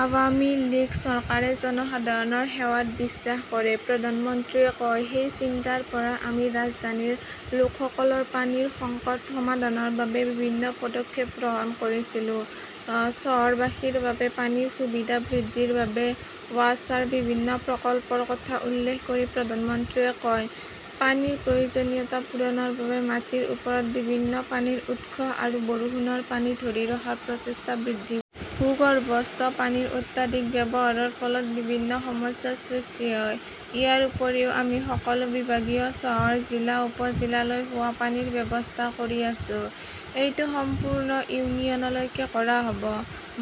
আৱামী লীগ চৰকাৰে জনসাধাৰণৰ সেৱাত বিশ্বাস কৰে, প্ৰধানমন্ত্ৰীয়ে কয়। সেই চিন্তাৰ পৰাই আমি ৰাজধানীৰ লোকসকলৰ পানীৰ সংকট সমাধানৰ বাবে বিভিন্ন পদক্ষেপ গ্ৰহণ কৰিছিলো। "চহৰবাসীৰ বাবে পানীৰ সুবিধা বৃদ্ধিৰ বাবে ৱাছাৰ বিভিন্ন প্ৰকল্পৰ কথা উল্লেখ কৰি প্ৰধানমন্ত্ৰীয়ে কয়,"পানীৰ প্ৰয়োজনীয়তা পূৰণৰ বাবে মাটিৰ ওপৰত বিভিন্ন পানীৰ উৎস আৰু বৰষুণৰ পানী ধৰি ৰখাৰ প্ৰচেষ্টা বৃদ্ধি। ভূগৰ্ভস্থ পানীৰ অত্যাধিক ব্যৱহাৰৰ ফলত বিভিন্ন সমস্যাৰ সৃষ্টি হয়। ইয়াৰ উপৰিও, আমি সকলো বিভাগীয় চহৰ, জিলা-উপজিলালৈ খোৱাপানীৰ ব্যৱস্থা কৰি আছো। এইটো সম্পূৰ্ণ ইউনিয়নলৈকে কৰা হব।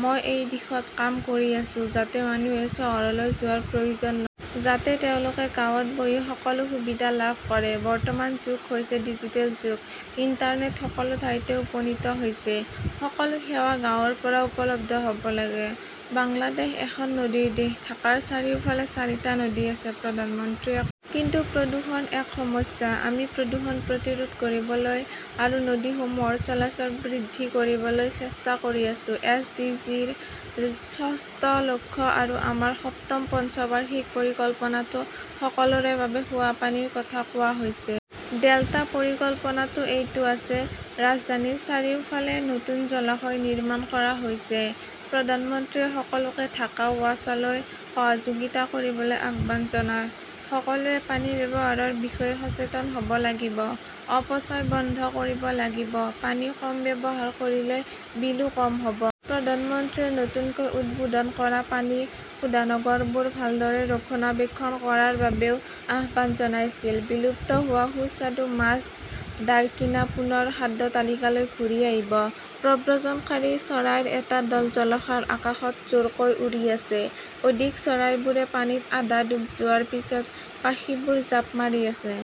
মই এই দিশত কাম কৰি আছোঁ, যাতে মানুহে চহৰলৈ যোৱাৰ প্ৰয়োজন। যাতে তেওঁলোকে গাঁৱত বহি সকলো সুবিধা লাভ কৰে। বৰ্তমান যুগ হৈছে ডিজিটেল যুগ। ইণ্টাৰনেট সকলো ঠাইতে উপনীত হৈছে। সকলো সেৱা গাঁৱৰ পৰাও উপলব্ধ হব লাগে"। "বাংলাদেশ এখন নদীৰ দেশ, ঢাকাৰ চাৰিওফালে চাৰিটা নদী আছে", প্ৰধানমন্ত্ৰীয়ে। "কিন্তু প্ৰদূষণ এক সমস্যা। আমি প্ৰদূষণ প্ৰতিৰোধ কৰিবলৈ আৰু নদীসমূহৰ চলাচল বৃদ্ধি কৰিবলৈ চেষ্টা কৰি আছো। এছ. ডি. জি. ৰ ষষ্ঠ লক্ষ্য আৰু আমাৰ সপ্তম পঞ্চবাৰ্ষিক পৰিকল্পনাতো সকলোৰে বাবে খোৱাপানীৰ কথা কোৱা হৈছে। ডেল্টা পৰিকল্পনাতো এইটো আছে। ৰাজধানীৰ চাৰিওফালে নতুন জলাশয় নিৰ্মাণ কৰা হৈছে"। প্ৰধানমন্ত্ৰীয়ে সকলোকে ঢাকা ৱাছালৈ সহযোগিতা কৰিবলৈ আহ্বান জনায়। "সকলোৱে পানী ব্যৱহাৰৰ বিষয়ে সচেতন হব লাগিব। অপচয় বন্ধ কৰিব লাগিব। পানী কম ব্যৱহাৰ কৰিলে বিলো কম হব"। প্ৰধানমন্ত্ৰীয়ে নতুনকৈ উদ্বোধন কৰা পানী শোধনাগাৰবোৰ ভালদৰে ৰক্ষণাবেক্ষণ কৰাৰ বাবেও আহ্বান জনাইছিল। বিলুপ্ত হোৱা সুস্বাদু মাছ দাৰ্কিনা পুনৰ খাদ্যতালিকালৈ ঘূৰি আহিব । প্ৰব্ৰজনকাৰী চৰাইৰ এটা দল জলাশয়ৰ আকাশত জোৰকৈ উৰি আছে। অধিক চৰাইবোৰে পানীত আধা ডুব যোৱাৰ পিছত পাখিবোৰ জাপ মাৰি আছে।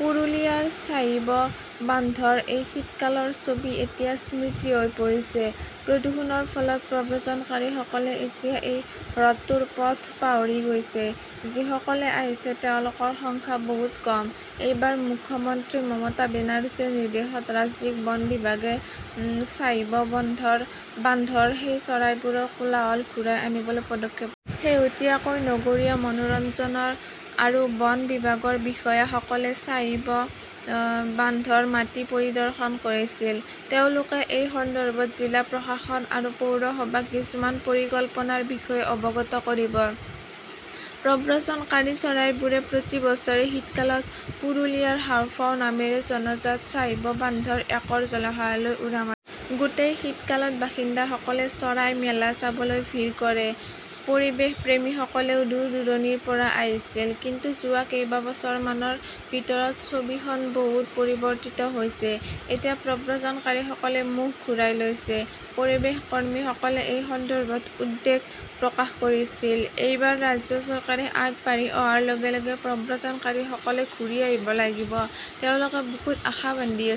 পুৰুলিয়াৰ চাহিব বান্ধৰ এই শীতকালৰ ছবি এতিয়া স্মৃতি হৈ পৰিছে। প্ৰদূষণৰ ফলত প্ৰব্ৰজনকাৰীসকলে এতিয়া এই হ্ৰদটোৰ পথ পাহৰি গৈছে। যিসকলে আহিছে, তেওঁলোকৰ সংখ্যা বহুত কম। এইবাৰ মুখ্যমন্ত্ৰী মমতা বেনাৰ্জীৰ নিৰ্দেশত ৰাজ্যিক বন বিভাগে চাহিব বন্ধৰ বান্ধৰ সেই চৰাইবোৰৰ কোলাহল ঘূৰাই আনিবলৈ পদক্ষেপ। শেহতীয়াকৈ নগৰীয়া মনোৰঞ্জন আৰু বন বিভাগৰ বিষয়াসকলে চাহিব বান্ধৰ মাটি পৰিদৰ্শন কৰিছিল। তেওঁলোকে এই সন্দৰ্ভত জিলা প্ৰশাসন আৰু পৌৰসভাক কিছুমান পৰিকল্পনাৰ বিষয়ে অৱগত কৰিব। প্ৰব্ৰজনকাৰী চৰাইবোৰে প্ৰতি বছৰে শীতকালত পুৰুলিয়াৰ হাঁওফাঁও নামেৰে জনাজাত চাহিব বান্ধৰ একৰ জলাশয়লৈ উৰা। গোটেই শীতকালত বাসিন্দাসকলে চৰাই মেলা চাবলৈ ভিৰ কৰে। পৰিৱেশপ্ৰেমীসকলেও দূৰ-দূৰণিৰ পৰা আহিছিল। কিন্তু যোৱা কেইবছৰমানৰ ভিতৰত ছবিখন বহু পৰিৱৰ্তিত হৈছে। এতিয়া প্ৰব্ৰজনকাৰীসকলে মুখ ঘূৰাই লৈছে। পৰিৱেশকৰ্মীসকলে এই সন্দৰ্ভত উদ্বেগ প্ৰকাশ কৰিছিল। এইবাৰ ৰাজ্য চৰকাৰে আগবাঢ়ি অহাৰ লগে লগে প্ৰব্ৰজনকাৰীসকলে ঘূৰি আহিব লাগিব তেওঁলোকে বুকুত আশা বান্ধি আছে।